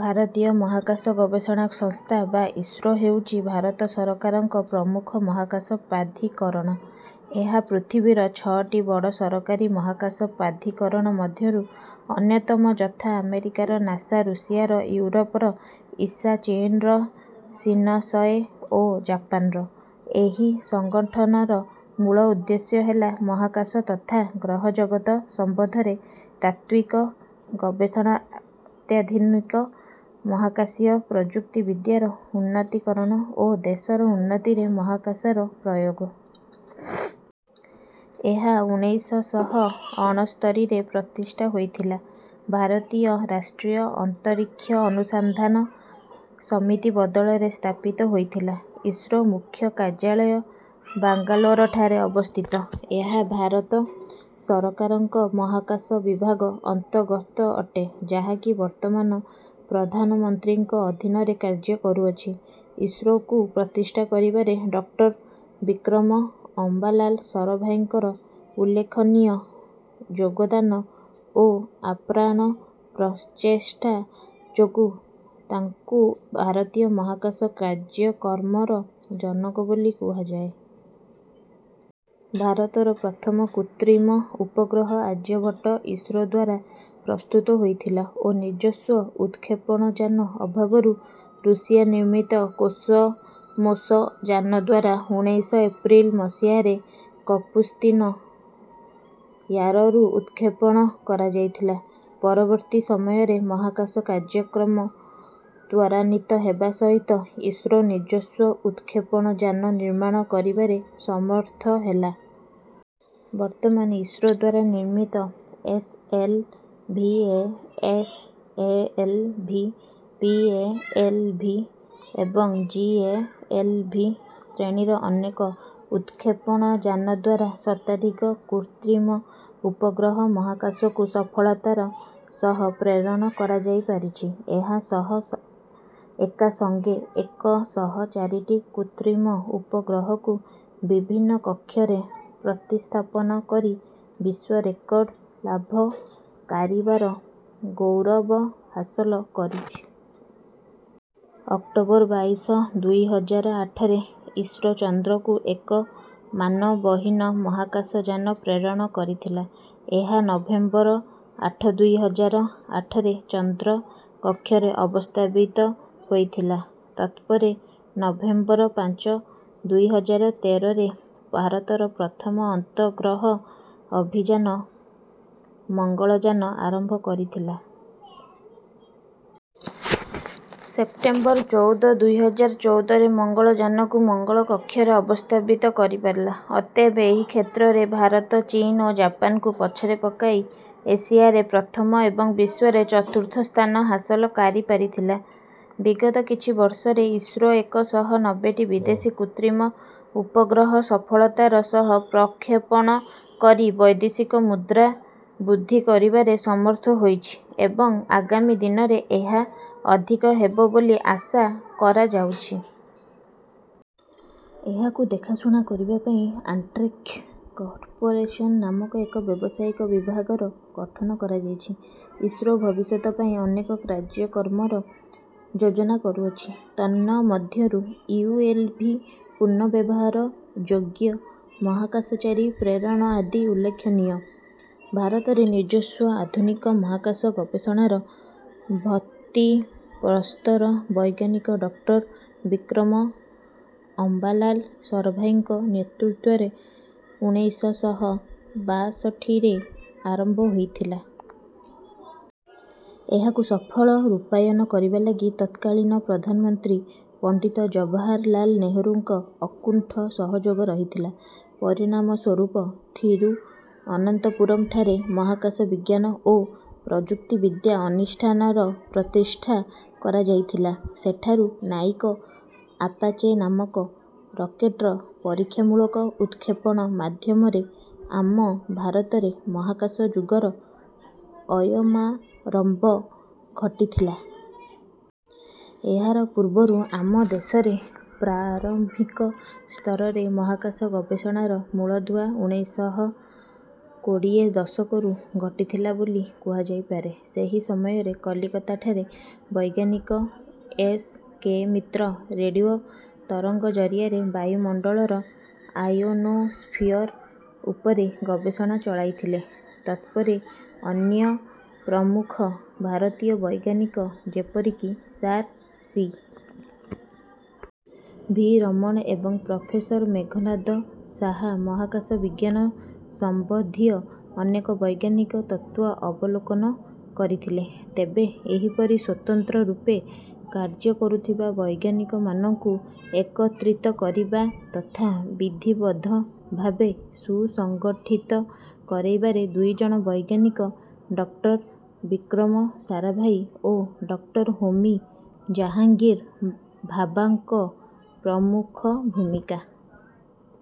ଭାରତୀୟ ମହାକାଶ ଗବେଷଣା ସଂସ୍ଥା ବା ଇସ୍ରୋ ହେଉଛି ଭାରତ ସରକାରଙ୍କ ପ୍ରମୁଖ ମହାକାଶ ପ୍ରାଧିକରଣ। ଏହା ପୃଥିବୀର ଛଅଟି ବଡ ସରକାରୀ ମହାକାଶ ପ୍ରାଧିକରଣ ମଧ୍ୟରୁ ଅନ୍ୟତମ ଯଥା ଆମେରିକାର ନାସା ଋଷିଆର ଇଉରୋପର ଇସା ଚୀନର ସିନସଏ ଓ ଜାପାନର। ଏହି ସଂଗଠନର ମୂଳ ଉଦ୍ଦେଶ୍ୟ ହେଲା ମହାକାଶ ତଥା ଗ୍ରହଜଗତ ସମ୍ବନ୍ଧରେ ତାତ୍ତ୍ୱିକ ଗବେଷଣା ଅତ୍ୟାଧୁନିକ ମହାକାଶୀୟ ପ୍ରଯୁକ୍ତି ବିଦ୍ୟାର ଉନ୍ନତିକରଣ ଓ ଦେଶର ଉନ୍ନତିରେ ମହାକାଶର ପ୍ରୟୋଗ। ଏହା ଉଣେଇଶ ଶହ ଅଣସ୍ତରୀରେ ପ୍ରତିଷ୍ଠା ହୋଇଥିଲା। ଭାରତୀୟ ରାଷ୍ଟ୍ରୀୟ ଅନ୍ତରୀକ୍ଷ ଅନୁସନ୍ଧାନ ସମିତି ବଦଳରେ ସ୍ଥାପିତ ହୋଇଥିଲା। ଇସ୍ରୋ ମୁଖ୍ୟ କାର୍ଯାଳୟ ବାଙ୍ଗାଲୋରଠାରେ ଅବସ୍ଥିତ। ଏହା ଭାରତ ସରକାରଙ୍କ ମହାକାଶ ବିଭାଗ ଅନ୍ତର୍ଗତ ଅଟେ ଯାହାକି ବର୍ତମାନ ପ୍ରଧାନମନ୍ତ୍ରୀଙ୍କ ଅଧୀନରେ କାର୍ଯ୍ୟ କରୁଅଛି। ଇସ୍ରୋକୁ ପ୍ରତିଷ୍ଠା କରିବାରେ ଡକ୍ଟର ବିକ୍ରମ ଅମ୍ବାଲାଲ୍ ସରାଭାଇଙ୍କର ଉଲ୍ଲେଖନୀୟ ଯୋଗଦାନ ଓ ଆପ୍ରାଣ ପ୍ରଚେଷ୍ଟା ଯୋଁଗୁ ତାଙ୍କୁ ଭାରତୀୟ ମହାକାଶ କାର୍ଯ୍ୟକ୍ରମର ଜନକ ବୋଲି କୁହାଯାଏ। ଭାରତର ପ୍ରଥମ କୃତ୍ରିମ ଉପଗ୍ରହ ଆର୍ଯ୍ୟଭଟ୍ଟ ଇସ୍ରୋଦ୍ୱାରା ପ୍ରସ୍ତୁତ ହୋଇଥିଲା ଓ ନିଜସ୍ୱ ଉତକ୍ଷେପଣଯାନ ଅଭାବରୁ ରୁଷିଆ ନିର୍ମିତ କୋସମୋସ ଯାନଦ୍ୱାରା ଉଣେଇଶ ଏପ୍ରିଲ ମସିହାରେ କପୁସ୍ତିନ ୟାରରୁ ଉତକ୍ଷେପଣ କରଯାଇଥିଲା। ପରବର୍ତ୍ତୀ ସମୟରେ ମହାକାଶ କାର୍ଯ୍ୟକ୍ରମ ତ୍ୱରାନ୍ୱିତ ହେବା ସହିତ ଇସ୍ରୋ ନିଜସ୍ୱ ଉତକ୍ଷେପଣଯାନ ନିର୍ମାଣ କାରିବାରେ ସମର୍ଥହେଲା। ବର୍ତ୍ତମାନ ଇସ୍ରୋଦ୍ୱାରା ନିର୍ମିତ ଏସଏଲଭିଏଏସଏଲଭି, ପିଏଏଲଭି ଏବଂ ଜିଏଏଲଭି ଶ୍ରେଣୀର ଅନେକ ଉତକ୍ଷେପଣଯାନଦ୍ୱାରା ଶତାଧିକ କୃତ୍ରିମ ଉପଗ୍ରହ ମହାକାଶକୁ ସଫଳତାର ସହ ପ୍ରେରଣ କରାଯାଇପାରିଛି। ଏହାସହ ଏକାସଙ୍ଗେ ଏକ ଶହ ଚାରିଟି କୃତ୍ରିମ ଉପଗ୍ରହକୁ ବିଭିନ୍ନ କକ୍ଷରେ ପ୍ରତିସ୍ଥାପନ କରି ବିଶ୍ୱରେକର୍ଡ ଲାଭକାରିବାର ଗୌରବହାସଲ କରିଛି। ଅକ୍ଟୋବର ବାଇଶ ଦୁଇ ହଜାର ଆଠରେ ଇସ୍ରୋ ଚନ୍ଦ୍ରକୁ ଏକ ମାନବହୀନ ମହାକାଶଯାନ ପ୍ରେରଣ କରିଥିଲା। ଏହା ନଭେମ୍ବର ଆଠ ଦୁଇ ହଜାର ଆଠରେ ଚନ୍ଦ୍ର କକ୍ଷରେ ଅବସ୍ଥାବିତ ହୋଇଥିଲା। ତତ୍ପରେ ନଭେମ୍ବର ପାଞ୍ଚ ଦୁଇ ହଜାର ତେରରେ ଭାରତର ପ୍ରଥମ ଅର୍ନ୍ତଗ୍ରହ ଅଭିଯାନ ମଙ୍ଗଳଯାନ ଆରମ୍ଭ କରିଥିଲା। ସେପ୍ଟେମ୍ବର ଚଉଦ ଦୁଇ ହଜାର ଚଉଦରେ ମଙ୍ଗଳଯାନକୁ ମଙ୍ଗଳ କକ୍ଷରେ ଅବସ୍ଥାବିତ କରିପାରିଲା। ଅତଏବ ଏହିକ୍ଷେତ୍ରରେ ଭାରତ ଚୀନ୍ ଓ ଜାପାନକୁ ପଛରେ ପକାଇ ଏସିଆରେ ପ୍ରଥମ ଏବଂ ବିଶ୍ୱରେ ଚତୁର୍ଥ ସ୍ଥାନ ହାସଲ କାରିପାରିଥିଲା। ବିଗତ କିଛି ବର୍ଷରେ ଇସ୍ରୋ ଏକ ଶହ ନବ୍ବେଟି ବିଦେଶୀ କୃତ୍ରିମ ଉପଗ୍ରହ ସଫଳତାର ସହ ପ୍ରକ୍ଷେପଣ କରି ବୈଦେଶିକ ମୁଦ୍ରା ବୃଦ୍ଧି କରିବାରେ ସମର୍ଥ ହୋଇଛି ଏବଂ ଆଗାମୀ ଦିନରେ ଏହା ଅଧିକ ହେବ ବୋଲି ଆଶା କରାଯାଉଛି। ଏହାକୁ ଦେଖାଶୁଣା କରିବା ପାଇଁ ଆଣ୍ଟ୍ରିକ୍ଷ୍ କର୍ପୋରେଶନ ନାମକ ଏକ ବ୍ୟବସାୟିକ ବିଭାଗର ଗଠନ କରାଯାଇଛି। ଇସ୍ରୋ ଭବିଷ୍ୟତ ପାଇଁ ଅନେକ କାର୍ଯ୍ୟକ୍ରମର ଯୋଜନା କରୁଅଛି। ତନ୍ନମଧ୍ୟରୁ ୟୁଏଲଭି ପୁନ୍ନଃବ୍ୟବହାରଯ୍ୟୋଗ୍ୟ ମହାକାଶଚାରୀ ପ୍ରେରଣ ଆଦି ଉଲ୍ଲେଖନୀୟ। ଭାରତରେ ନିଜସ୍ୱ ଆଧୁନିକ ମହାକାଶ ଗବେଷଣାର ଭତ୍ତିପ୍ରସ୍ତର ବୈଜ୍ଞାନିକ ଡକ୍ଟର ବିକ୍ରମ ଅମ୍ବାଲାଲ୍ ସରାଭାଇଙ୍କ ନେତୃତ୍ୱରେ ଉଣେଇଶ ଶହ ବାଷଠିରେ ଆରମ୍ବ ହୋଇଥିଲା। ଏହାକୁ ସଫଳ ରୂପାୟନ କରିବାଲାଗି ତତ୍କାଳିନ ପ୍ରଧାନମନ୍ତ୍ରୀ ପଣ୍ଡିତ ଜବାହାରଲାଲ୍ ନେହେରୁଙ୍କ ଅକୁଣ୍ଠ ସହଯୋଗ ରହିଥିଲା। ପରିଣାମସ୍ୱରୁପ ଥିରୁଅନନ୍ତପୁରମ୍ ଠାରେ ମହାକାଶ ବିଜ୍ଞାନ ଓ ପ୍ରଯୁକ୍ତିବିଦ୍ୟା ଅନିଷ୍ଠାନ ର ପ୍ରତିଷ୍ଠା କରାଯାଇଥିଲା। ସେଠାରୁ ନାଇକ ଆପାଚେ ନାମକ ରକେଟର ପରୀକ୍ଷାମୂଳକ ଉତକ୍ଷେପଣ ମାଧ୍ୟମରେ ଆମ ଭାରତରେ ମହାକାଶ ଯୁଗର ଅୟମାରମ୍ବ ଘଟିଥିଲା। ଏହାର ପୂର୍ବରୁ ଆମ ଦେଶରେ ପ୍ରାରମ୍ଭିକ ସ୍ତରରେ ମହାକାଶ ଗବେଷଣାର ମୂଳଦୁଆ ଉଣେଇଶ ଶହ କୋଡ଼ିଏ ଦଶକରୁ ଘଟିଥିଲା ବୋଲି କୁହାଯାଇପାରେ। ସେହି ସମୟରେ କଲିକତାଠାରେ ବୈଜ୍ଞାନିକ ଏସ. କେ. ମିତ୍ର ରେଡିଓ ତରଙ୍ଗ ଜରିଆରେ ବାୟୁମଣ୍ଡଳର ଆୟୋନୋସ୍ଫିୟର ଉପରେ ଗବେଷଣା ଚଳାଇଥିଲେ। ତତ୍ପରେ ଅନ୍ୟ ପ୍ରମୁଖ ଭାରତୀୟ ବୈଜ୍ଞାନିକ ଯେପରିକି ସାର୍ ସି. ଭି. ରମଣ ଏବଂ ପ୍ରଫେସର ମେଘନାଦ ଶାହା ମହାକାଶ ବିଜ୍ଞାନ ସମ୍ବନ୍ଧୀୟ ଅନେକ ବୈଜ୍ଞାନିକ ତତ୍ତ୍ୱ ଅବଲୋକନ କରିଥିଲେ। ତେବେ ଏହିପରି ସ୍ୱତନ୍ତ୍ର ରୂପେ କାର୍ଯକରୁଥିବା ବୈଜ୍ଞାନିକମାନଙ୍କୁ ଏକତ୍ରିତ କରିବା ତଥା ବିଧିବଦ୍ଧ ଭାବେ ସୁସଙ୍ଗଠିତ କରେଇବାରେ ଦୁଇ ଜଣ ବୈଜ୍ଞାନିକ ଡକ୍ଟର ବିକ୍ରମ ସାରାଭାଇ ଓ ଡକ୍ଟର ହୋମି ଜାହାଙ୍ଗୀର ଭାବାଙ୍କ ପ୍ରମୁଖ ଭୁମିକା